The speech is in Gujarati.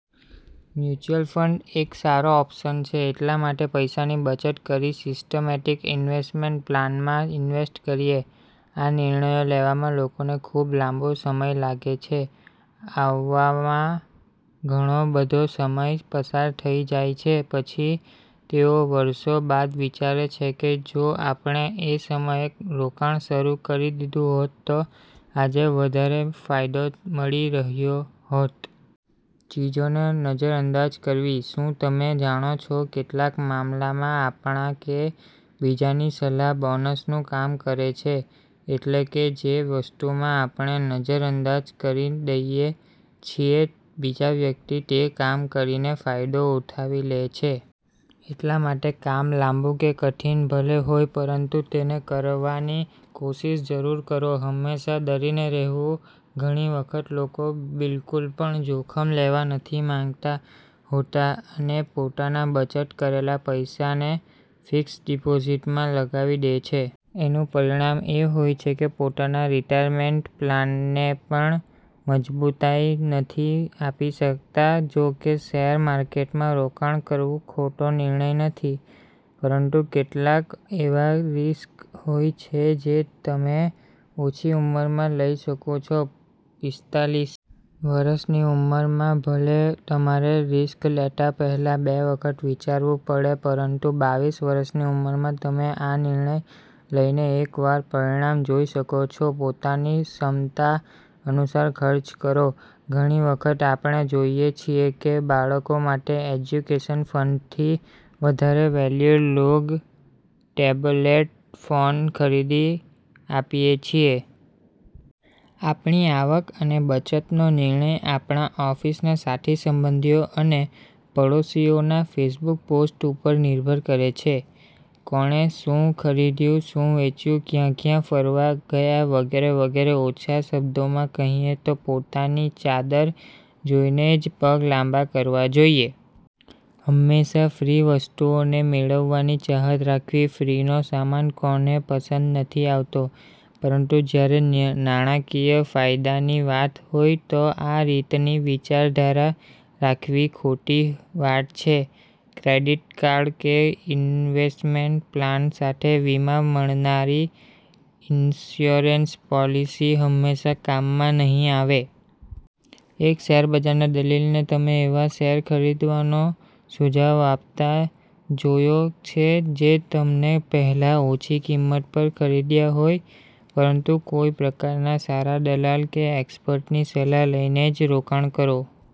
મ્યુચલ ફંડ એક સારો ઓપ્શન છે એટલા માટે પૈસાની બચત કરી સિસ્ટમેટિક ઇન્વેસ્ટમેન્ટ પ્લાનમાં ઇન્વેસ્ટ કરીએ. આ નિર્ણયો લેવામાં લોકોને ખૂબ લાંબો સમય લાગે છે. આવવામાં ઘણો બધો સમય પસાર થઈ જાય છે પછી તેઓ વર્ષો બાદ વિચારે છે કે જો આપણે એ સમયે રોકાણ શરૂ કરી દીધું હોત તો આજે વધારે ફાયદો મળી રહ્યો હોત. ચીજોને નજરઅંદાજ કરવી, શું તમે જાણો છો કેટલાક મામલામાં આપણા કે બીજાની સલાહ બોનસ નું કામ કરે છે. એટલે કે જે વસ્તુમાં આપણે નજર અંદાજ કરી દઈએ છીએ બીજા વ્યક્તિ તે કામ કરીને ફાયદો ઉઠાવી લે છે. એટલા માટે કામ લાંબુ કે કઠિન ભલે હોય પરંતુ તેને કરવાની કોશીશ જરૂર કરો. હંમેશા ડરીને રહેવું, ઘણી વખત લોકો બિલકુલ પણ જોખમ લેવા નથી માંગતા હોતા અને પોતાના બચત કરેલા પૈસાને ફિક્સ્ડ ડિપોઝિટમાં લગાવી દે છે. એનું પરિણામ એ હોય છે કે પોતાના રિટાયરમેન્ટ પ્લાન ને પણ મજબૂતાઈ નથી આપી શકતા. જો કે શેર માર્કેટમાં રોકાણ કરવું ખોટો નિર્ણય નથી. પરંતુ કેટલાક એવા રિસ્ક હોય છે જે તમે ઓછી ઉંમરમાં લઈ શકો છો.પિસ્તાલીસ વર્ષની ઉંમરમાં ભલે તમારે રિસ્ક લેતા પહેલાં બે વખત વિચારવું પડે પરંતુ બાવીસ વર્ષની ઉંમરમાં તમે આ નિર્ણય લઈને એકવાર પરિણામ જોઈ શકો છો. પોતાની ક્ષમતા અનુસાર ખર્ચ કરો. ઘણી વખત આપણે જોઈએ છીએ કે બાળકો માટે એજ્યુકેશન ફંડથી વધારે વેલ્યુ લૉગ ટેબલેટ ફોન ખરીદી આપીએ છીએ. આપણી આવક અને બચતનો નિર્ણય આપણા ઓફિસના સાથી સંબંધીઓ અને પડોશીઓના ફેસબુક પોસ્ટ ઉપર નિર્ભર કરે છે. કોણે શું ખરીદ્યું, શું વેચ્યું, ક્યાં ક્યાં ફરવા ગયા વગેરે વગેરે. ઓછા શબ્દોમાં કહીએ તો પોતાની ચાદર જોઈને જ પગ લાંબા કરવા જોઈએ. હંમેશા ફ્રી વસ્તુઓને મેળવવાની ચાહત રાખવી, ફ્રી નો સામાન કોને પસંદ નથી આવતો. પરંતુ જ્યારે નાણાકીય ફાયદાની વાત હોય તો આ રીતની વિચારધારા રાખવી ખોટી વાત છે. ક્રેડિટ કાર્ડ કે ઇન્વેસ્ટમેન્ટ પ્લાન સાથે વીમા મળનારી ઇન્સ્યોરન્સ પોલિસી હંમેશા કામમાં નહીં આવે. એક શેર બજારના દલીલને તમે એવા શેર ખરીદવાનો સુજાવ આપતા જોયો છે જે તમને પહેલા ઓછી કિંમત પર ખરીદ્યા હોય. પરંતુ કોઇ પ્રકારના સારા દલાલ કે એક્સપર્ટની સલાહ લઈને જ રોકાણ કરો.